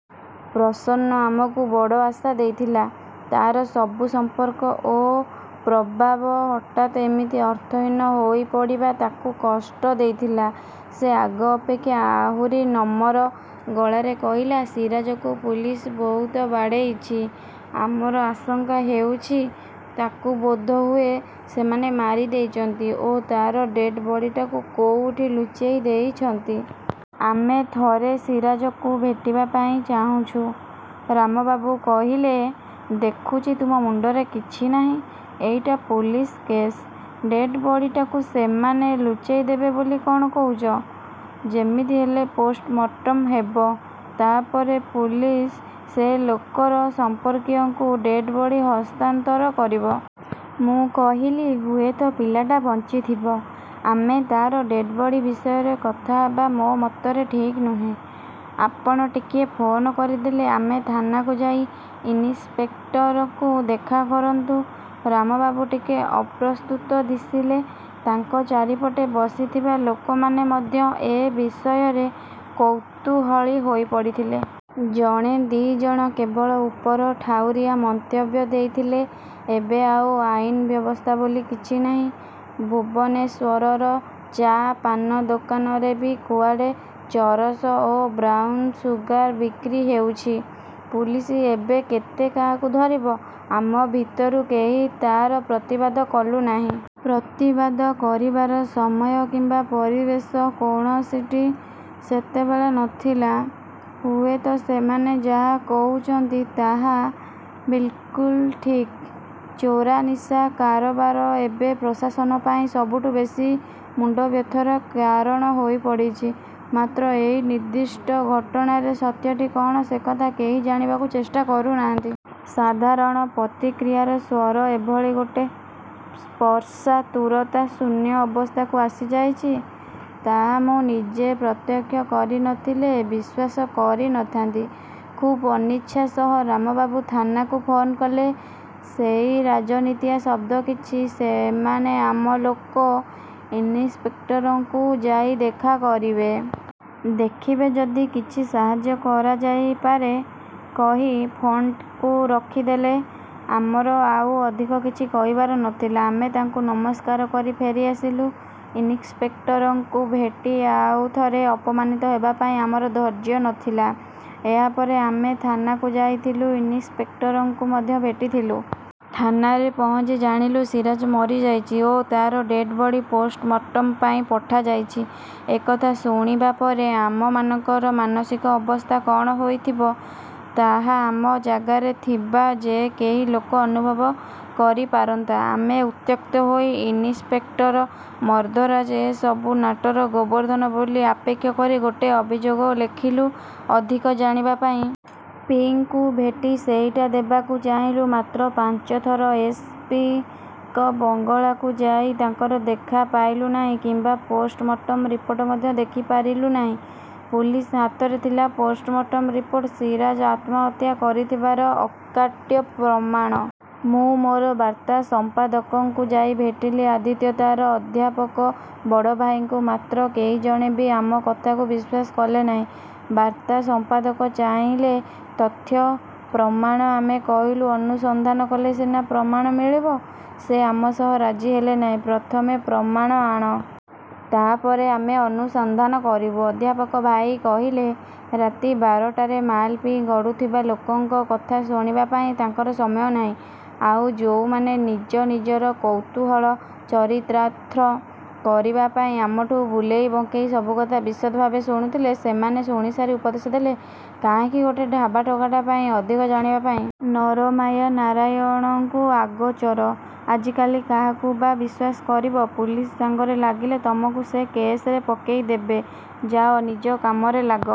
ପ୍ରସନ୍ନ ଆମକୁ ବଡ଼ ଆଶା ଦେଇଥିଲା। ତାର ସବୁ ସମ୍ପର୍କ ଓ ପ୍ରଭାବ ହଠାତ୍ ଏମିତି ଅର୍ଥହୀନ ହୋଇପଡ଼ିବା ତାକୁ କଷ୍ଟ ଦେଇଥିଲା। ସେ ଆଗ ଅପେକ୍ଷା ଆହୁରି ନମର ଗଳାରେ କହିଲା, "ସିରାଜକୁ ପୁଲିସ ବହୁତ ବାଡ଼େଇଛି। ଆମର ଆଶଙ୍କା ହେଉଛି ତାକୁ ବୋଧହୁଏ ସେମାନେ ମାରି ଦେଇଛନ୍ତି ଓ ତାର ଡେଡ୍ ବଡିଟାକୁ କୋଉଠି ଲୁଚେଇ ଦେଇଛନ୍ତି। ଆମେ ଥରେ ସିରାଜକୁ ଭେଟିବା ପାଇଁ ଚାହୁଁଛୁ। " ରାମବାବୁ କହିଲେ, "ଦେଖୁଛି ତୁମ ମୁଣ୍ଡରେ କିଛି ନାହିଁ। ଏଇଟା ପୁଲିସ କେସ୍। ଡେଡ୍ ବଡିଟାକୁ ସେମାନେ ଲୁଚେଇଦେବେ ବୋଲି କଣ କହୁଛ? ଯେମିତି ହେଲେ ପୋଷ୍ଟମର୍ଟମ୍ ହେବ। ତାପରେ ପୁଲିସ ସେ ଲୋକର ସମ୍ପର୍କୀୟଙ୍କୁ ଡେଡ୍ ବଡି ହସ୍ତାନ୍ତର କରିବ। " ମୁଁ କହିଲି, "ହୁଏତ ପିଲାଟା ବଞ୍ଚିଥିବ। ଆମେ ତାର ଡେଡ୍ ବଡି ବିଷୟରେ କଥା ହେବା ମୋ ମତରେ ଠିକ୍ ନୁହେଁ। ଆପଣ ଟିକିଏ ଫୋନ୍ କରିଦେଲେ ଆମେ ଥାନାକୁ ଯାଇ ଇନିସ୍ପେକ୍ଟରକୁ ଦେଖା କରନ୍ତୁ। " ରାମବାବୁ ଟିକେ ଅପ୍ରସ୍ତୁତ ଦିଶିଲେ। ତାଙ୍କ ଚାରିପଟେ ବସିଥିବା ଲୋକମାନେ ମଧ୍ୟ ଏ ବିଷୟରେ କୌତୂହଳୀ ହୋଇ ପଡ଼ିଥିଲେ। ଜଣେ ଦି'ଜଣ କେବଳ ଉପରଠାଉରିଆ ମନ୍ତବ୍ୟ ଦେଇଥିଲେ–ଏବେ ଆଉ ଆଇନ ବ୍ୟବସ୍ଥା ବୋଲି କିଛି ନାହିଁ। ଭୁବନେଶ୍ୱରର ଚା ପାନ ଦୋକାନରେ ବି କୁଆଡ଼େ ଚରସ ଓ ବ୍ରାଉନ୍ ସୁଗାର୍ ବିକ୍ରି ହେଉଛି। ପୁଲିସ ଏବେ କେତେ କାହାକୁ ଧରିବ! ଆମ ଭିତରୁ କେହି ତାର ପ୍ରତିବାଦ କଲୁନାହିଁ। ପ୍ରତିବାଦ କରିବାର ସମୟ କିମ୍ବା ପରିବେଶ କୌଣସିଟି ସେତେବେଳେ ନଥିଲା। ହୁଏତ ସେମାନେ ଯାହା କହୁଛନ୍ତି ତାହା ବିଲ୍କୁଲ୍। ଠିକ୍। ଚୋରା ନିଶା କାରବାର ଏବେ ପ୍ରଶାସନ ପାଇଁ ସବୁଠୁ ବେଶି ମୁଣ୍ଡବ୍ୟଥାର କାରଣ ହୋଇପଡ଼ିଛି। ମାତ୍ର ଏଇ ନିର୍ଦ୍ଦିଷ୍ଟ ଘଟଣାରେ ସତ୍ୟଟି କଣ, ସେକଥା କେହି ଜାଣିବାକୁ ଚେଷ୍ଟା କରୁନାହାନ୍ତି। ସାଧାରଣ ପ୍ରତିକ୍ରିୟାର ସ୍ୱର ଏଭଳି ଗୋଟେ ସ୍ପର୍ଶାତୁରତା ଶୂନ୍ୟ ଅବସ୍ଥାକୁ ଆସିଯାଇଛି। ତାହା ମୁଁ ନିଜେ ପ୍ରତ୍ୟକ୍ଷ କରି ନଥିଲେ ବିଶ୍ୱାସ କରି ନଥାନ୍ତି। ଖୁବ୍ ଅନିଚ୍ଛା ସହ ରାମବାବୁ ଥାନାକୁ ଫୋନ୍ କଲେ। ସେଇ ରାଜନୀତିଆ ଶବ୍ଦ କିଛି, "ସେମାନେ ଆମ ଲୋକ। ଇନିସ୍ପେକ୍ଟରଙ୍କୁ ଯାଇ ଦେଖା କରିବେ। ଦେଖିବେ, ଯଦି କିଛି ସାହାଯ୍ୟ କରାଯାଇ ପାରେ...। " କହି ଫୋନ୍ଟିକୁ ରଖିଦେଲେ। ଆମର ଆଉ ଅଧିକ କିଛି କହିବାର ନଥିଲା। ଆମେ ତାଙ୍କୁ ନମସ୍କାର କରି ଫେରିଆସିଲୁ। ଇନିସ୍ପେକ୍ଟରଙ୍କୁ ଭେଟି ଆଉ ଥରେ ଅପମାନିତ ହେବା ପାଇଁ ଆମର ଧୈର୍ଯ୍ୟ ନଥିଲା। ଏହାପରେ ଆମେ ଥାନାକୁ ଯାଇଥିଲୁ, ଇନିସ୍ପେକ୍ଟରଙ୍କୁ ମଧ୍ୟ ଭେଟିଥିଲୁ। ଥାନାରେ ପହଞ୍ଚି ଜାଣିଲୁ, ସିରାଜ ମରିଯାଇଛି ଓ ତାର ଡେଡ୍ ବଡି ପୋଷ୍ଟମର୍ଟମ ପାଇଁ ପଠାଯାଇଛି। ଏକଥା ଶୁଣିବା ପରେ ଆମମାନଙ୍କର ମାନସିକ ଅବସ୍ଥା କଣ ହୋଇଥିବ ତାହା ଆମ ଜାଗାରେ ଥିବା ଯେକେହି ଲୋକ ଅନୁଭବ କରିପାରନ୍ତା। ଆମେ ଉତ୍ତ୍ୟକ୍ତ ହୋଇ ଇନିସ୍ପେକ୍ଟର ମର୍ଦ୍ଦରାଜ ଏସବୁ ନାଟର ଗୋବର୍ଦ୍ଧନ ବୋଲି ଆକ୍ଷେପ କରି ଗୋଟେ ଅଭିଯୋଗ ଲେଖିଲୁ ଓ ଏସ୍. ପି. ଙ୍କୁ ଭେଟି ସେଇଟା ଦେବାକୁ ଚାହିଁଲୁ। ମାତ୍ର ପାଞ୍ଚଥର ଏସ୍. ପି. ଙ୍କ ବଙ୍ଗଳାକୁ ଯାଇ ତାଙ୍କର ଦେଖା ପାଇଲୁ ନାହିଁ କିମ୍ବା ପୋଷ୍ଟମର୍ଟମ ରିପୋର୍ଟ ମଧ୍ୟ ଦେଖିପାରିଲୁ ନାହିଁ। ପୁଲିସ ହାତରେ ଥିଲା ପୋଷ୍ଟମର୍ଟମ ରିପୋର୍ଟ, ସିରାଜ ଆତ୍ମହତ୍ୟା କରିଥିବାର ଅକାଟ୍ୟ ପ୍ରମାଣ। ମୁଁ ମୋର ବାର୍ତ୍ତା ସଂପାଦକଙ୍କୁ ଯାଇ ଭେଟିଲି, ଆଦିତ୍ୟ ତାର ଅଧ୍ୟାପକ ବଡ଼ଭାଇଙ୍କୁ। ମାତ୍ର କେହି ଜଣେ ବି ଆମ କଥାକୁ ବିଶ୍ୱାସ କଲେ ନାହିଁ। ବାର୍ତ୍ତା ସଂପାଦକ ଚାହିଁଲେ ତଥ୍ୟ, ପ୍ରମାଣ। ଆମେ କହିଲୁ, ଅନୁସନ୍ଧାନ କଲେ ସିନା ପ୍ରମାଣ ମିଳିବ। ସେ ଆମ ସହ ରାଜି ହେଲେ ନାହିଁ–ପ୍ରଥମେ ପ୍ରମାଣ ଆଣ। ତାପରେ ଆମେ ଅନୁସନ୍ଧାନ କରିବୁ। ଅଧ୍ୟାପକ ଭାଇ କହିଲେ, ରାତି ବାରଟାରେ ମାଲ୍ ପିଇ ଗଡ଼ୁଥିବା ଲୋକଙ୍କ କଥା ଶୁଣିବା ପାଇଁ ତାଙ୍କର ସମୟ ନାହିଁ। ଆଉ ଯୋଉମାନେ ନିଜ ନିଜର କୌତୂହଳ ଚରିତାର୍ଥ କରିବା ପାଇଁ ଆମଠୁଁ ବୁଲେଇ ବଙ୍କେଇ ସବୁକଥା ବିଶଦ ଭାବେ ଶୁଣୁଥିଲେ, ସେମାନେ ଶୁଣିସାରି ଉପଦେଶ ଦେଲେ, "କାହିଁକି ଗୋଟେ ଢାବା ଟୋକାଟା ପାଇଁ ଲାଗିଛନ୍ତି? ନର ମାୟା ନାରାୟଣଙ୍କୁ ଆଗୋଚର। ଆଜିକାଲି କାହାକୁ ବା ବିଶ୍ୱାସ କରିବ? ପୁଲିସ ସାଙ୍ଗରେ ଲାଗିଲେ ତମକୁ ସେ କେସରେ ପକେଇଦେବେ। ଯାଅ, ନିଜ କାମରେ ଲାଗ।